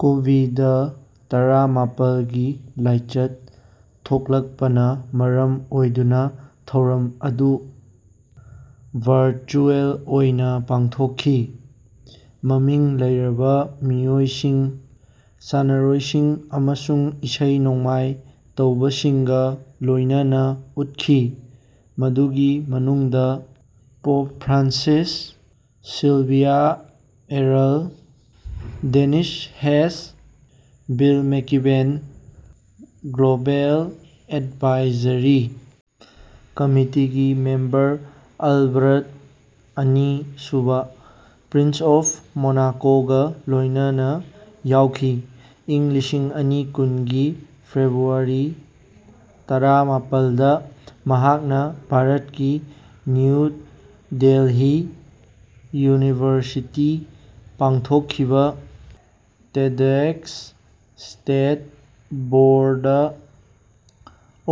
COVID- ꯇꯔꯥ ꯃꯥꯄꯜꯒꯤ ꯂꯥꯏꯆꯠ ꯊꯣꯛꯂꯛꯄꯅ ꯃꯔꯝ ꯑꯣꯏꯗꯨꯅ ꯊꯧꯔꯝ ꯑꯗꯨ ꯚꯔꯆꯨꯑꯦꯜ ꯑꯣꯏꯅ ꯄꯥꯡꯊꯣꯛꯈꯤ꯫ ꯃꯃꯤꯡ ꯂꯩꯔꯕ ꯃꯤꯑꯣꯏꯁꯤꯡ, ꯁꯥꯟꯅꯔꯣꯏꯁꯤꯡ ꯑꯃꯁꯨꯡ ꯏꯁꯩ-ꯅꯣꯡꯃꯥꯏ ꯇꯧꯕꯁꯤꯡꯒ ꯂꯣꯏꯅꯅ ꯎꯠꯈꯤ, ꯃꯗꯨꯒꯤ ꯃꯅꯨꯡꯗ Pope Francis, Sylvia Earle, Dennis Hess, Bill McKibben, global advisory ꯀꯝꯃꯤꯇꯤꯒꯤ ꯃꯦꯝꯕꯔ ꯑꯜꯕꯔꯠ ꯑꯅꯤ ꯁꯨꯕ (ꯄ꯭ꯔꯤꯟꯁ ꯑꯣꯐ ꯃꯣꯅꯥꯀꯣ)ꯒꯥ ꯂꯣꯏꯅꯅ ꯌꯥꯎꯈꯤ꯫ꯏꯪ ꯂꯤꯁꯤꯡ ꯑꯅꯤ ꯀꯨꯟꯒꯤ ꯐꯦꯕ꯭ꯔꯨꯋꯥꯔꯤ ꯇꯔꯥ ꯃꯥꯄꯜꯗ ꯃꯍꯥꯛꯅ ꯚꯥꯔꯠꯀꯤ ꯅ꯭ꯌꯨ ꯗꯦꯜꯍꯤ ꯌꯨꯅꯤꯚꯔꯁꯤꯇꯤ ꯄꯥꯡꯊꯣꯛꯈꯤꯕ TEDx state board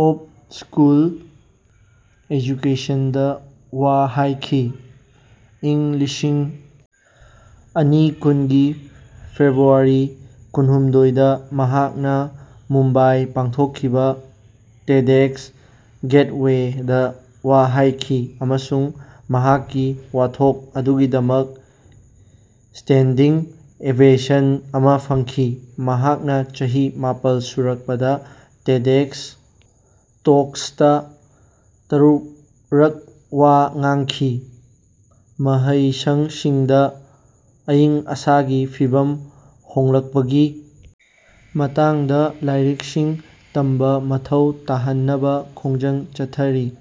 of school education ꯗ ꯋꯥ ꯍꯥꯏꯈꯤ꯫ ꯏꯪ ꯂꯤꯁꯤꯡ ꯑꯅꯤ ꯀꯨꯟꯒꯤ ꯐꯦꯕ꯭ꯔꯨꯋꯥꯔꯤ ꯀꯨꯟꯍꯨꯝꯗꯣꯏꯗ ꯃꯍꯥꯛꯅ ꯃꯨꯝꯕꯥꯏ ꯄꯥꯡꯊꯣꯛꯈꯤꯕ ꯇꯦꯗ꯭ꯑꯦꯛꯁ ꯒꯦꯠꯋꯦꯗ ꯋꯥ ꯍꯥꯏꯈꯤ ꯑꯃꯁꯨꯡ ꯃꯍꯥꯛꯀꯤ ꯋꯥꯊꯣꯛ ꯑꯗꯨꯒꯤꯗꯃꯛ ꯁ꯭ꯇꯦꯟꯗꯤꯡ ꯑꯣꯚꯦꯁꯟ ꯑꯃꯥ ꯐꯪꯈꯤ꯫ ꯃꯍꯥꯛꯅ ꯆꯍꯤ ꯃꯥꯄꯜ ꯁꯨꯔꯛꯄꯗ ꯇꯦꯗ꯭ꯑꯦꯛꯁ ꯇꯣꯛꯁꯇꯥ ꯇꯔꯨꯛꯔꯛ ꯋꯥ ꯉꯥꯡꯈꯤ꯫ ꯃꯍꯩꯁꯪꯁꯤꯡꯗ ꯑꯏꯪ ꯑꯁꯥꯒꯤ ꯐꯤꯚꯝ ꯍꯣꯡꯂꯛꯄꯒꯤ ꯃꯇꯥꯡꯗ ꯂꯥꯏꯔꯤꯛꯁꯤꯡ ꯇꯝꯕ ꯃꯊꯧ ꯇꯥꯍꯟꯅꯕ ꯈꯣꯡꯖꯪ ꯆꯠꯊꯔꯤ,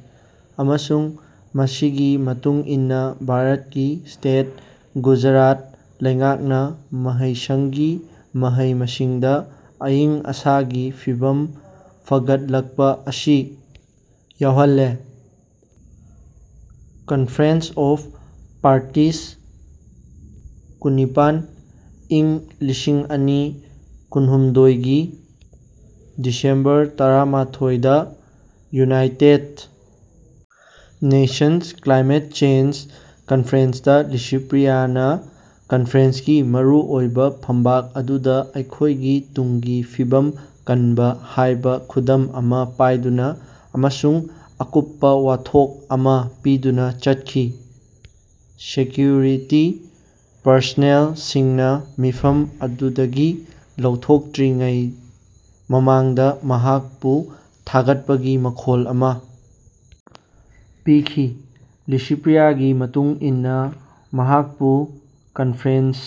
ꯑꯃꯁꯨꯡ ꯃꯁꯤꯒꯤ ꯃꯇꯨꯡ ꯏꯟꯅ ꯚꯥꯔꯠꯀꯤ ꯁ꯭ꯇꯦꯠ ꯒꯨꯖꯔꯥꯠ ꯂꯩꯉꯥꯛꯅ ꯃꯍꯩꯁꯪꯒꯤ ꯃꯍꯩ-ꯃꯁꯤꯡꯗ ꯑꯏꯪ-ꯑꯁꯥꯒꯤ ꯐꯤꯚꯝ ꯐꯒꯠꯂꯛꯄ ꯑꯁꯤ ꯌꯥꯎꯍꯜꯂꯦ꯫ 'ꯀꯟꯐꯔꯦꯟꯁ ꯑꯣꯐ ꯄꯥꯔꯇꯤꯁ ꯀꯨꯟꯅꯤꯄꯥꯟ, ꯏꯪ ꯂꯤꯁꯤꯡ ꯑꯅꯤ ꯀꯨꯟꯍꯨꯝꯗꯣꯏꯒꯤ ꯗꯤꯁꯦꯝꯕꯔ ꯇꯔꯥꯃꯊꯣꯏꯗ, ꯌꯨꯅꯥꯏꯇꯦꯗ ꯅꯦꯁꯟꯁ ꯀ꯭ꯂꯥꯏꯃꯦꯠ ꯆꯦꯟꯖ ꯀꯟꯐꯔꯦꯟꯁꯇ ꯂꯤꯁꯤꯄ꯭ꯔꯤꯌꯥꯅ ꯀꯟꯐꯔꯦꯟꯁꯀꯤ ꯃꯔꯨꯑꯣꯏꯕ ꯐꯝꯕꯥꯛ ꯑꯗꯨꯗ ꯑꯩꯈꯣꯏꯒꯤ ꯇꯨꯡꯒꯤ ꯐꯤꯕꯝ ꯀꯟꯕ ꯍꯥꯏꯕ ꯈꯨꯗꯝ ꯑꯃ ꯄꯥꯏꯗꯨꯅ ꯑꯃꯁꯨꯡ ꯑꯀꯨꯞꯄ ꯋꯥꯊꯣꯛ ꯑꯃ ꯄꯤꯗꯨꯅ ꯆꯠꯈꯤ꯫ ꯁꯦꯀ꯭ꯌꯨꯔꯤꯇꯤ ꯄꯔꯁꯅꯦꯜꯁꯤꯡꯅ ꯃꯤꯐꯝ ꯑꯗꯨꯗꯒꯤ ꯂꯧꯊꯣꯛꯇ꯭ꯔꯤꯉꯩ ꯃꯃꯥꯡꯗ ꯃꯍꯥꯛꯄꯨ ꯊꯥꯒꯠꯄꯒꯤ ꯃꯈꯣꯜ ꯑꯃ ꯄꯤꯈꯤ꯫ ꯂꯤꯁꯤꯄ꯭ꯔꯤꯌꯥꯒꯤ ꯃꯇꯨꯡ ꯏꯟꯅ ꯃꯍꯥꯛꯄꯨ ꯀꯟꯐꯔꯦꯟꯁ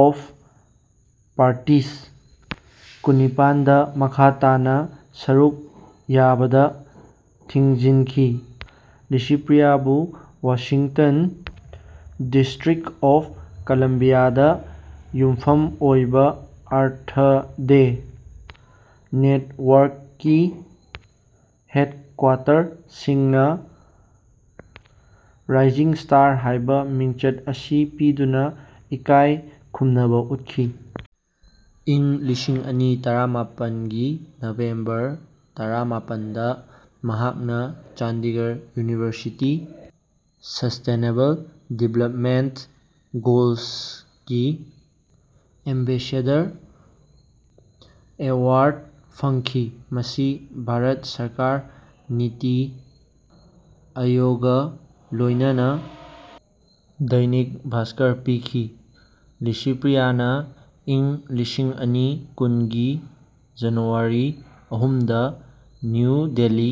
ꯑꯣꯐ ꯄꯥꯔꯇꯤꯁ ꯀꯨꯟꯅꯤꯄꯥꯟꯗ ꯃꯈꯥ ꯇꯥꯅ ꯁꯔꯨꯛ ꯌꯥꯕꯗ ꯊꯤꯡꯖꯤꯟꯈꯤ꯫ꯂꯤꯁꯤꯄ꯭ꯔꯤꯌꯥꯕꯨ ꯋꯥꯁꯤꯡꯇꯟ, ꯗꯤꯁꯇ꯭ꯔꯤꯛ ꯑꯣꯐ ꯀꯂꯝꯕꯤꯌꯥ ꯗ ꯌꯨꯝꯐꯝ ꯑꯣꯏꯕ ꯑꯔꯊ ꯗꯦ ꯅꯦꯠꯋꯥꯔꯛꯀꯤ ꯍꯦꯗꯀ꯭ꯋꯥꯇꯔꯁꯤꯡꯅ ꯔꯥꯏꯖꯤꯡ ꯁ꯭ꯇꯥꯔ ꯍꯥꯏꯕ ꯃꯤꯡꯆꯠ ꯑꯁꯤ ꯄꯤꯗꯨꯅ ꯏꯀꯥꯏ ꯈꯨꯝꯅꯕ ꯎꯠꯈꯤ꯫ ꯏꯪ ꯂꯤꯁꯤꯡ ꯑꯅꯤ ꯇꯔꯥꯃꯥꯄꯜꯒꯤ ꯅꯣꯚꯦꯝꯕꯔ ꯇꯔꯥꯃꯥꯄꯜꯗ, ꯃꯍꯥꯛꯅ ꯆꯟꯗꯤꯒꯔ ꯌꯨꯅꯤꯚꯔꯁꯤꯇꯤ ꯁꯁꯇꯦꯅꯦꯕꯜ ꯗꯦꯚꯦꯂꯞꯃꯦꯟꯠ ꯒꯣꯜꯁꯒꯤ ꯑꯦꯝꯕꯦꯁꯦꯗꯔ ꯑꯦꯋꯥꯔ꯭ꯗ ꯐꯪꯈꯤ ꯃꯁꯤ ꯚꯥꯔꯠ ꯁꯔꯀꯥꯔ ꯅꯤꯇꯤ ꯑꯥꯌꯣꯒ ꯂꯣꯏꯅꯅꯥ ꯗꯩꯅꯤꯛ ꯚꯥꯁꯀꯔ ꯄꯤꯈꯤ꯫ ꯂꯤꯁꯤꯄ꯭ꯔꯤꯌꯥꯅ ꯏꯪ ꯂꯤꯁꯤꯡ ꯑꯅꯤ ꯀꯨꯟꯒꯤ ꯖꯅꯨꯋꯥꯔꯤ ꯑꯍꯨꯝꯗ ꯅ꯭ꯌꯨ ꯗꯦꯜꯂꯤ